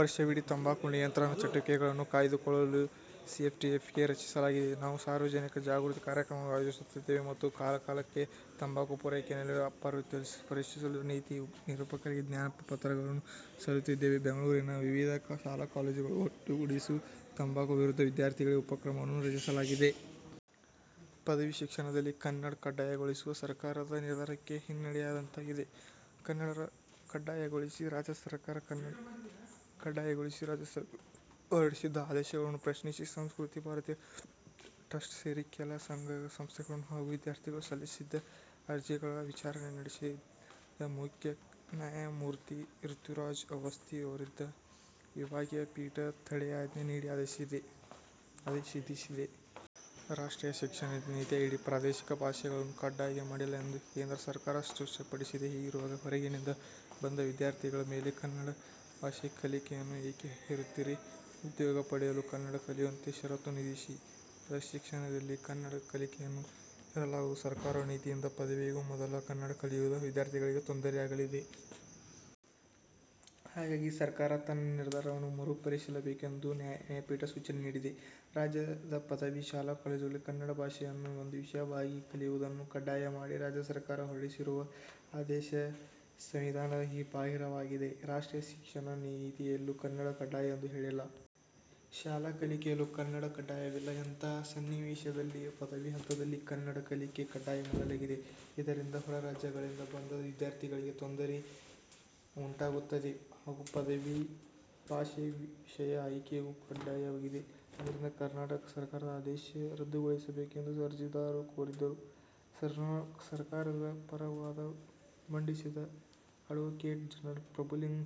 ವರ್ಷವಿಡೀ ತಂಬಾಕು ನಿಯಂತ್ರಣ ಚಟುವಟಿಕೆಗಳನ್ನು ಕಾಯ್ದುಕೊಳ್ಳಲು ಸಿಎಫ್ಟಿಎಫ್ಕೆ ಅನ್ನು ರಚಿಸಲಾಗಿದೆ. ನಾವು ಸಾರ್ವಜನಿಕ ಜಾಗೃತಿ ಕಾರ್ಯಕ್ರಮಗಳನ್ನು ಆಯೋಜಿಸುತ್ತಿದ್ದೇವೆ ಮತ್ತು ಕಾಲಕಾಲಕ್ಕೆ ತಂಬಾಕು ಪೂರೈಕೆಯಲ್ಲಿನ ಪ್ರವೃತ್ತಿಯನ್ನು ಪರಿಶೀಲಿಸಲು ನೀತಿ ನಿರೂಪಕರಿಗೆ ಜ್ಞಾಪಕ ಪತ್ರಗಳನ್ನು ಸಲ್ಲಿಸುತ್ತಿದ್ದೇವೆ. ಬೆಂಗಳೂರಿನ ವಿವಿಧ ಶಾಲಾ-ಕಾಲೇಜುಗಳನ್ನು ಒಟ್ಟುಗೂಡಿಸಿ ತಂಬಾಕು ವಿರುದ್ಧ ವಿದ್ಯಾರ್ಥಿ ಉಪಕ್ರಮವನ್ನು ರಚಿಸಲಾಗಿದೆ. ಪದವಿ ಶಿಕ್ಷಣದಲ್ಲಿ ಕನ್ನಡ ಕಡ್ಡಾಯಗೊಳಿಸುವ ಸರ್ಕಾರದ ನಿರ್ಧಾರಕ್ಕೆ ಹಿನ್ನಡೆಯಾದಂತಾಗಿದೆ. ಕನ್ನಡ ಕಡ್ಡಾಯಗೊಳಿಸಿ ರಾಜ್ಯ ಸರ್ಕಾರ ಹೊರಡಿಸಿದ್ದ ಆದೇಶಗಳನ್ನು ಪ್ರಶ್ನಿಸಿ ಸಂಸ್ಕೃತ ಭಾರತಿ ಟ್ರಸ್ಟ್ ಸೇರಿ ಕೆಲ ಸಂಘ-ಸಂಸ್ಥೆಗಳು ಹಾಗೂ ವಿದ್ಯಾರ್ಥಿಗಳು ಸಲ್ಲಿಸಿದ್ದ ಅರ್ಜಿಗಳ ವಿಚಾರಣೆ ನಡೆಸಿದ ಮುಖ್ಯ ನ್ಯಾಯಮೂರ್ತಿ ರಿತುರಾಜ್ ಅವಸ್ಥಿ ಅವರಿದ್ದ ವಿಭಾಗೀಯ ಪೀಠ ತಡೆಯಾಜ್ಞೆ ನೀಡಿ ಆದೇಶಿಸಿದೆ. 'ರಾಷ್ಟ್ರೀಯ ಶಿಕ್ಷಣ ನೀತಿಯಡಿ ಪ್ರಾದೇಶಿಕ ಭಾಷೆಗಳನ್ನು ಕಡ್ಡಾಯ ಮಾಡಿಲ್ಲ ಎಂದು ಕೇಂದ್ರ ಸರ್ಕಾರ ಸ್ಪಷ್ಟಪಡಿಸಿದೆ. ಹೀಗಿರುವಾಗ ಹೊರಗಿನಿಂದ ಬಂದ ವಿದ್ಯಾರ್ಥಿಗಳ ಮೇಲೆ ಕನ್ನಡ ಭಾಷೆ ಕಲಿಕೆಯನ್ನು ಏಕೆ ಹೇರುತ್ತೀರಿ? ಉದ್ಯೋಗ ಪಡೆಯಲು ಕನ್ನಡ ಕಲಿಯುವಂತೆ ಷರತ್ತು ವಿಧಿಸಿ. ಆದರೆ, ಶಿಕ್ಷಣದಲ್ಲಿ ಕನ್ನಡ ಕಲಿಕೆಯನ್ನು ಹೇರಲಾಗದು. ಸರ್ಕಾರದ ನೀತಿಯಿಂದ ಪದವಿಗೂ ಮೊದಲು ಕನ್ನಡ ಕಲಿಯದ ವಿದ್ಯಾರ್ಥಿಗಳಿಗೆ ತೊಂದರೆಯಾಗಲಿದೆ. ಹಾಗಾಗಿ ಸರ್ಕಾರ ತನ್ನ ನಿರ್ಧಾರವನ್ನು ಮರು ಪರಿಶೀಲಿಸಬೇಕು' ಎಂದು ನ್ಯಾಯಪೀಠ ಸೂಚನೆ ನೀಡಿದೆ. 'ರಾಜ್ಯದ ಪದವಿ ಕಾಲೇಜುಗಳಲ್ಲಿ ಕನ್ನಡ ಭಾಷೆಯನ್ನು ಒಂದು ವಿಷಯವಾಗಿ ಕಲಿಯುವುದನ್ನು ಕಡ್ಡಾಯ ಮಾಡಿ ರಾಜ್ಯ ಸರ್ಕಾರ ಹೊರಡಿಸಿರುವ ಆದೇಶ ಸಂವಿಧಾನ ಬಾಹಿರವಾಗಿದೆ. ರಾಷ್ಟ್ರೀಯ ಶಿಕ್ಷಣ ನೀತಿಯಲ್ಲೂ ಕನ್ನಡ ಕಡ್ಡಾಯ ಎಂದು ಹೇಳಿಲ್ಲ. ಶಾಲಾ ಕಲಿಕೆಯಲ್ಲೂ ಕನ್ನಡ ಕಡ್ಡಾಯವಿಲ್ಲ. ಇಂತಹ ಸನ್ನಿವೇಶದಲ್ಲಿ ಪದವಿ ಹಂತದಲ್ಲಿ ಕನ್ನಡ ಕಲಿಕೆ ಕಡ್ಡಾಯ ಮಾಡಲಾಗಿದೆ. ಇದರಿಂದ ಹೊರ ರಾಜ್ಯಗಳಿಂದ ಬಂದ ವಿದ್ಯಾರ್ಥಿಗಳಿಗೆ ತೊಂದರೆ ಉಂಟಾಗುತ್ತದೆ ಹಾಗೂ ಪದವಿಯಲ್ಲಿ ಭಾಷೆ ವಿಷಯ ಆಯ್ಕೆಗೂ ಅಡ್ಡಿಯಾಗಿದೆ. ಆದ್ದರಿಂದ ಸರ್ಕಾರದ ಆದೇಶ ರದ್ದುಗೊಳಿಸಬೇಕು' ಎಂದು ಅರ್ಜಿದಾರರು ಕೋರಿದ್ದರು. ಸರ್ಕಾರದ ಪರ ವಾದ ಮಂಡಿಸಿದ ಅಡ್ವೋಕೇಟ್ ಜನರಲ್ ಪ್ರಭುಲಿಂಗ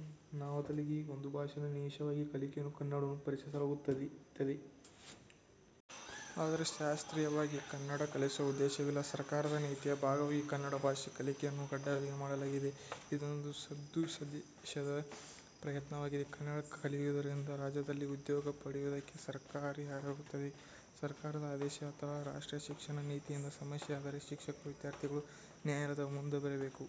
ನಾವದಗಿ, 'ಒಂದು ಭಾಷಾ ವಿಷಯವಾಗಿ ಕಲಿಯಲು ಕನ್ನಡವನ್ನು ಪರಿಚಯಿಸಲಾಗುತ್ತಿದೆ. ಆದರೆ, ಶಾಸ್ತ್ರೀಯವಾಗಿ ಕನ್ನಡ ಕಲಿಸುವ ಉದ್ದೇಶವಿಲ್ಲ. ಸರ್ಕಾರದ ನೀತಿಯ ಭಾಗವಾಗಿ ಕನ್ನಡ ಭಾಷೆ ಕಲಿಕೆಯನ್ನು ಕಡ್ಡಾಯ ಮಾಡಲಾಗಿದೆ. ಇದೊಂದು ಸದುದ್ದೇಶದ ಪ್ರಯತ್ನವಾಗಿದೆ. ಕನ್ನಡ ಕಲಿಯುವುದರಿಂದ ರಾಜ್ಯದಲ್ಲಿ ಉದ್ಯೋಗ ಪಡೆಯುವುದಕ್ಕೆ ಸಹಕಾರಿಯಾಗುತ್ತದೆ. ಸರ್ಕಾರದ ಆದೇಶ ಅಥವಾ ರಾಷ್ಟ್ರೀಯ ಶಿಕ್ಷಣ ನೀತಿಯಿಂದ ಸಮಸ್ಯೆಯಾದರೆ ಶಿಕ್ಷಕರು, ವಿದ್ಯಾರ್ಥಿಗಳು ನ್ಯಾಯಾಲಯದ ಮುಂದೆ ಬರಬೇಕು.